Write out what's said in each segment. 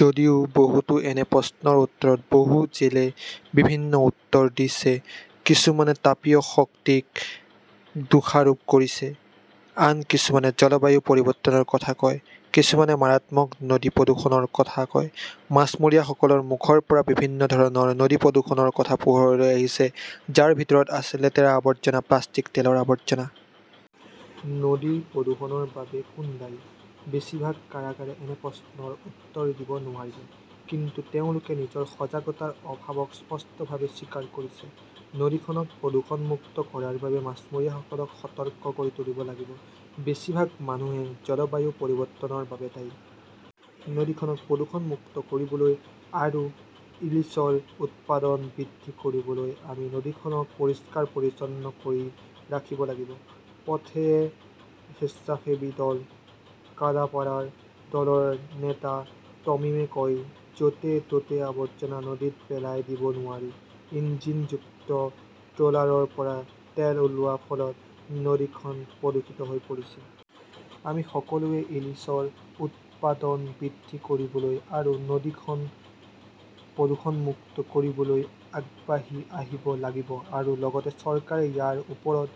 যদিও বহুতো এনে প্ৰশ্নৰ উত্তৰত বহু জেলে বিভিন্ন উত্তৰ দিছে। কিছুমানে তাপীয় শক্তিক দোষাৰোপ কৰিছে। আন কিছুমানে জলবায়ু পৰিৱৰ্তনৰ কথা কয়। কিছুমানে মাৰাত্মক নদী প্ৰদূষণৰ কথা কয়। মাছমৰীয়াসকলৰ মুখৰ পৰা বিভিন্ন ধৰণৰ নদী প্ৰদূষণৰ কথা পোহৰলৈ আহিছে যাৰ ভিতৰত আছে লেতেৰা আৱৰ্জনা প্লাষ্টিক তেলৰ আৱৰ্জনা। নদীৰ প্ৰদূষণৰ বাবে কোন দায়ী? বেছিভাগ কাৰাগাৰে এনে প্ৰশ্নৰ উত্তৰ দিব নোৱাৰিলে। কিন্তু তেওঁলোকে নিজৰ সজাগতাৰ অভাৱক স্পষ্টভাৱে স্বীকাৰ কৰিছে। নদীখনক প্ৰদূষণমুক্ত কৰাৰ বাবে মাছমৰীয়াসকলক সতৰ্ক কৰি তুলিব লাগিব। বেছিভাগ মানুহে জলবায়ু পৰিৱৰ্তনৰ বাবে দায়ী। নদীখনক প্ৰদূষণমুক্ত কৰিবলৈ আৰু ইলিছৰ উৎপাদন বৃদ্ধি কৰিবলৈ আমি নদীখনক পৰিষ্কাৰ পৰিচ্ছন্ন কৰি ৰাখিব লাগিব। পথৱে স্বেচ্ছাসেৱী দল কালাপাড়াৰ দলৰ নেতা তমিমে কয় য'তে ত'তে আৱৰ্জনা নদীত পেলাই দিব নোৱাৰি। ইঞ্জিনযুক্ত ট্ৰলাৰৰ পৰা তেল ওলোৱাৰ ফলত নদীখন প্ৰদূষিত হৈ পৰিছে। আমি সকলোৱে ইলিছৰ উৎপাদন বৃদ্ধি কৰিবলৈ আৰু নদীখনক প্ৰদূষণমুক্ত কৰিবলৈ আগবাঢ়ি আহিব লাগিব আৰু লগতে চৰকাৰে ইয়াৰ ওপৰত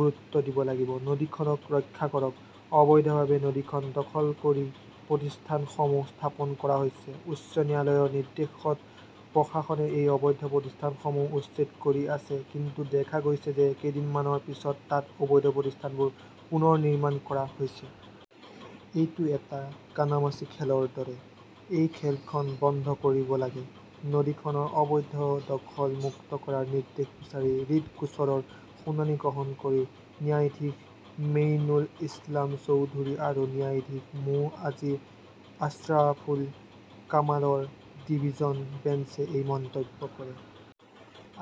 গুৰুত্ব দিব লাগিব। নদীখনক ৰক্ষা কৰক। অবৈধভাৱে নদীখন দখল কৰি প্ৰতিষ্ঠানসমূহ স্থাপন কৰা হৈছে। উচ্চ ন্যায়ালয়ৰ নিৰ্দেশত প্ৰশাসনে সেই অবৈধ প্ৰতিষ্ঠানসমূহ উচ্ছেদ কৰি আছে কিন্তু দেখা গৈছে যে কেইদিনমানৰ পিছত তাত অবৈধ প্ৰতিষ্ঠানবোৰ পুনৰ নিৰ্মাণ কৰা হৈছে। এইটো এটা কানামাচি খেলৰ দৰে। এই খেলখন বন্ধ কৰিব লাগে। নদীখনৰ অবৈধ দখল মুক্ত কৰাৰ নিৰ্দেশ বিচাৰি ৰিট গোচৰৰ শুনানি গ্ৰহণ কৰি ন্যায়াধীশ মেইনুল ইছলাম চৌধুৰী আৰু ন্যায়াধীশ মো আজি আশ্ৰাফুল কামালৰ ডিভিছন বেঞ্চে এই মন্তব্য কৰে।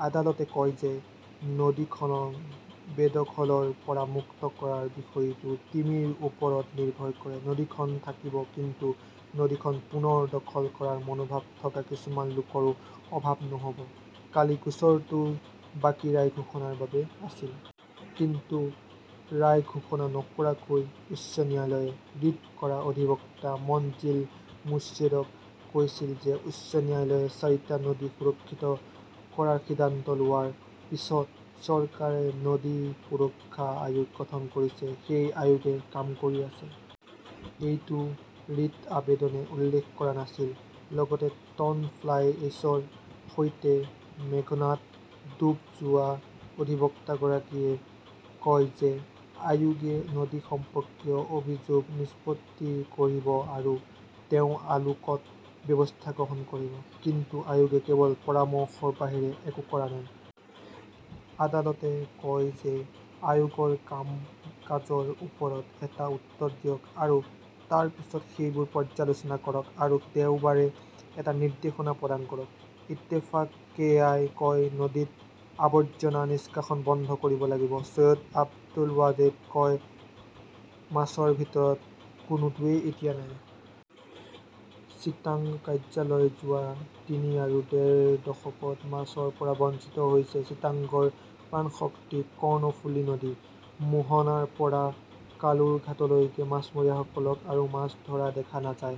আদালতে কয় যে নদীখনক বেদখলৰ পৰা মুক্ত কৰাৰ বিষয়টো তিমিৰ ওপৰত নিৰ্ভৰ কৰে। নদীখন থাকিব কিন্তু নদীখন পুনৰ দখল কৰাৰ মনোভাৱ থকা কিছুমান লোকৰো অভাৱ নহ'ব। কালি গোচৰটোৰ বাকী ৰায় ঘোষণাৰ বাবে আছিল। কিন্তু ৰায় ঘোষণা নকৰাকৈ উচ্চ ন্যায়ালয়ে ৰিট কৰা অধিবক্তা মনজিল মোৰ্ছেদক কৈছিল যে উচ্চ ন্যায়ালয়ে চাৰিটা নদী সুৰক্ষিত কৰাৰ সিদ্ধান্ত লোৱাৰ পিছত চৰকাৰে নদী সুৰক্ষা আয়োগ গঠন কৰিছে। সেই আয়োগে কাম কৰি আছে। এইটো ৰিট আবেদনে উল্লেখ কৰা নাছিল। লগতে টন ফ্লাই এশ্বৰ সৈতে মেঘনাত ডুব যোৱা অধিবক্তাগৰাকীয়ে কয় যে আয়োগে নদী সম্পৰ্কীয় অভিযোগ নিষ্পত্তি কৰিব আৰু তেওঁ আলোকত ব্যৱস্থা গ্ৰহণ কৰিব। কিন্তু আয়োগে কেৱল পৰামৰ্শৰ বাহিৰে একো কৰা নাই। আদালতে কয় যে আয়োগৰ কাম কাজৰ ওপৰত এটা উত্তৰ দিয়ক আৰু তাৰ পিছত সেইবোৰ পৰ্যালোচনা কৰক আৰু দেওবাৰে এটা নিৰ্দেশনা প্ৰদান কৰক। ইত্তেফাক কেআই কয় নদীত আৱৰ্জনা নিষ্কাশন বন্ধ কৰিব লাগিব। চৈয়দ আব্দুল ৱাজেদ কয় মাছৰ ভিতৰত কোনোটোৱেই এতিয়া নাই। চিটাগং কাৰ্যালয় যোৱা তিনি আৰু ডেৰ দশকত মাছৰ পৰা বঞ্চিত হৈছে চিটাগংৰ প্ৰাণশক্তি কৰ্ণফুলি নদী। মোহনাৰ পৰা কালুৰঘাটলৈকে মাছমৰীয়াসকলক আৰু মাছ ধৰা দেখা নাযায়।